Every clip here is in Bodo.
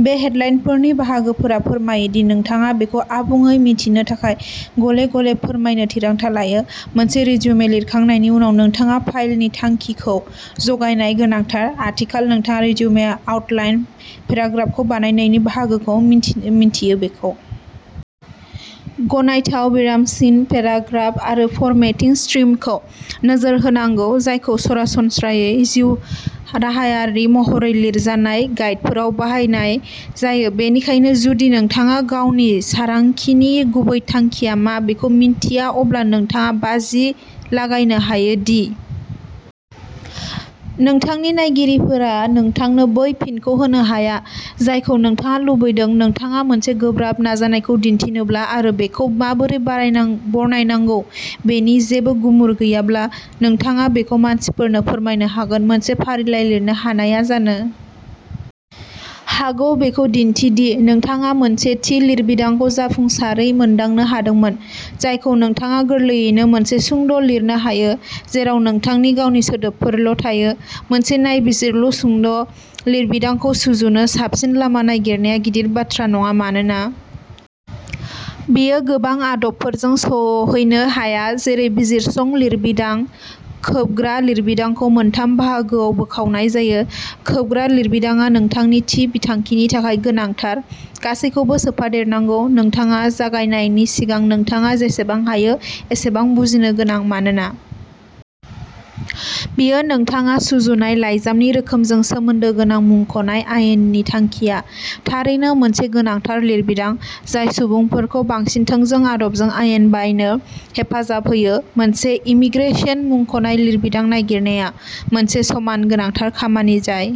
बे हेडलाइनफोरनि बाहागोफोरा फोरमायो दि नोंथाङा बेखौ आबुङै मिथिनो थाखाय गले गले फोरमायनो थिरांथा लायो मोनसे रिज्यूमे लिरखांनायनि उनाव नोंथाङा फाइलनि थांखिखौ जगायनाय गोनांथार आथिखालाव नोंथाङा रिज्यूमे आउटलाइन पेराग्राफखौ बानायनायनि बाहागोखौ मिन्थियो बेखौ गनायथाव विराम चिह्न पेराग्राफ आरो फरमेटिं स्ट्रिमखौ नोजोर होनांगौ जायखौ सरासनस्रायै जिउराहायारि महरै लिरजानाय गाइडफोराव बाहायनाय जायो बेनिखायनो जुदि नोंथाङा गावनि सारांखिनि गुबै थांखिया मा बेखौ मिन्थिया अब्ला नोंथाङा बाजि लागायनो हायो दि नोंथांनि नायगिरिफोरा नोंथांनो बै फिनखौ होनो हाया जायखौ नोंथाङा लुबैदों नोंथाङा मोनसे गोब्राब नाजानायखौ दिन्थिनोब्ला आरो बेखौ माबोरै बारायनां बनायनांगौ बेनि जेबो गुमुर गैयाब्ला नोंथाङा बेखौ मानसिफोरनो फोरमायनो हागोन मोनसे फारिलाइ लिरनो हानायआ जानो हागौ बेखौ दिन्थि दि नोंथाङा मोनसे थि लिरबिदांखौ जाफुंसारै मोनदांनो हादोंमोन जायखौ नोंथाङा गोरलैयैनो मोनसे सुंद' लिरनो हायो जेराव नोंथांनि गावनि सोदोबफोरल'थायो मोनसे नायबिजिरलु सुंद'लिरबिदांखौ सुजुनो साबसिन लामा नागिरनाया गिदिर बाथ्रा नङा मानोना बेयो गोबां आदबफोरजों सहैनो हाया जेरै बिजिरसं लिरबिदां खोबग्रा लिरबिदांखौ मोनथाम बाहागोआव बोखावनाय जायो खोबग्रा लिरबिदांआ नोंथांनि थि बिथांखिनि थाखाय गोनांथार गासैखौबो सोफादेरनांगौ नोंथाङा जागायनायनि सिगां नोंथाङा जेसेबां हायो एसेबां बुजिनो गोनां मानोना बेयो नोंथाङा सुजुनाय लाइजामनि रोखोमजों सोमोन्दो गोनां मुंख'नाय आयेननि थांखिआ थारैनो मोनसे गोनांथार लिरबिदां जाय सुबुंफोरखौ बांसिन थोंजों आदबजों आयेन बायनो हेफाजाब होयो मोनसे इमीग्रेसन मुंख'नाय लिरबिदां नागिरनाया मोनसे समान गोनांथार खामानि जाय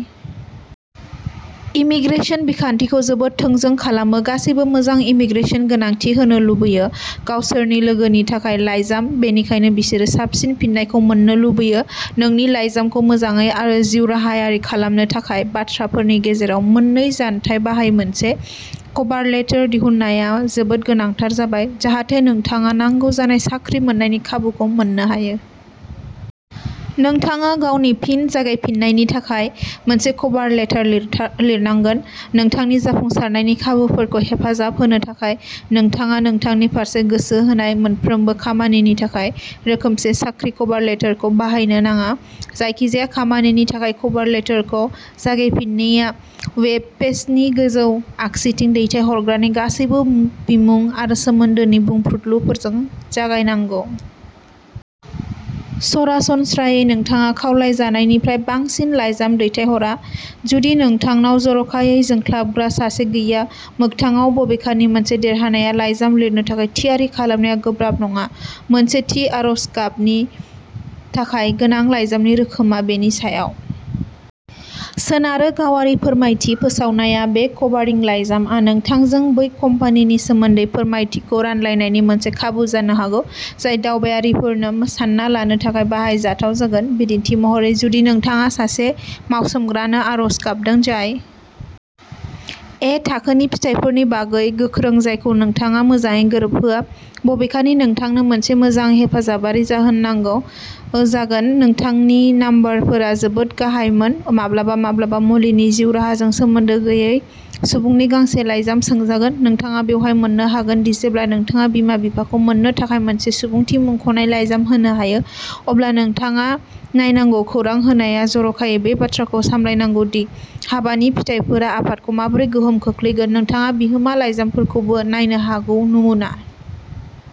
इमीग्रेसन बिखान्थिखौ जोबोद थोंजों खालामो गासैबो मोजां इमीग्रेसन गोनांथि होनो लुबैयो गावसोरनि लोगोनि थाखाय लाइजाम बेनिखायनो बिसोरो साबसिन फिननायखौ मोन्नो लुबैयो नोंनि लाइजामखौ मोजाङै आरो जिउराहायारि खालामनो थाखाय बाथ्राफोरनि गेजेराव मोननै जानथाय बाहाय मोनसे कभारलेटर दिहुननाया जोबोद गोनांथार जाबाय जाहाथे नोंथाङा नांगौ जानाय साख्रि मोन्नायनि खाबुखौ मोननो हायो। नोंथाङा गावनि फिन जागायफिन्नायनि थाखाय मोनसे कभार लेटार लिरथा लिरनांगोन। नोंथांनि जाफुंसारनायनि खाबुफोरखौ हेफाजाब होनो थाखाय, नोंथाङा नोंथांनि फारसे गोसो होनाय मोनफ्रोमबो खामानिनि थाखाय रोखोमसे साख्रि कभार लेटरखौ बाहायनो नाङा। जायखिजाया खामानिनि थाखाय कभार लेटरखौ जागायफिननाया वेबपेजनि गोजौ आगसिथिं दैथायहरग्रानि गासैबो बिमुं आरो सोमोन्दोनि बुंफ्रुदलुफोरजों जागायनांगौ। सरासनस्रायै नोंथाङा खावलायजानायनिफ्राय बांसिन लाइजाम दैथायहरा जुदि नोंथांनाव जर'खायै जोंख्लाबग्रा सासे गैया मोगथाङाव बबेखानि मोनसे देरहानाय लाइजाम लिरनो थाखाय थियारि खालामनाया गोब्राब नङा। मोनसे थि आर'ज गाबनि थाखाय गोनां लाइजामनि रोखोमआ बेनि सायाव सोनारो गावारि फोरमायथि फोसावनाया बे कभारिं लाइजामआ नोंथांजों बै कम्पानिनि सोमोन्दै फोरमायथिखौ रानलायनायनि मोनसे खाबु जानो हागौ जाय दावबायारिफोरनो सानना लानो थाखाय बाहायजाथाव जागोन बिदिन्थि महरै जुदि नोंथाङा सासे मावसोमग्रानो आर'ज गाबदों जाय ए-थाखोनि फिथायफोरनि बागै गोख्रों जायखौ नोंथाङा मोजाङै गोरोबहोआ बबेखानि नोंथांनो मोनसे मोजां हेफाजाबारि जाहोन नांगौ जागोन नोंथांनि नाम्बारफोरा जोबोद गाहायमोन माब्लाबा माब्लाबा मुलिनि जिउ राहाजों सोमोन्दो गैयै सुबुंनि गांसे लाइजाम सोंजागोन नोंथाङा बेवहाय मोननो हागोन दि जेब्ला नोंथाङा बिमा बिफाखौ मोननो थाखाय मोनसे सुबुंथि मुंख'नाय लाइजाम होनो हायो अब्ला नोंथाङा नायनांगौ खौरां होनाया जर'खायै बे बाथ्राखौ सामलायनांगौ दि हाबानि फिथायफोरा आफादखौ माबोरै गोहोम खोख्लैगोन नोंथाङा बिहोमा लाइजामफोरखौबो नायनो हागौ नमुना।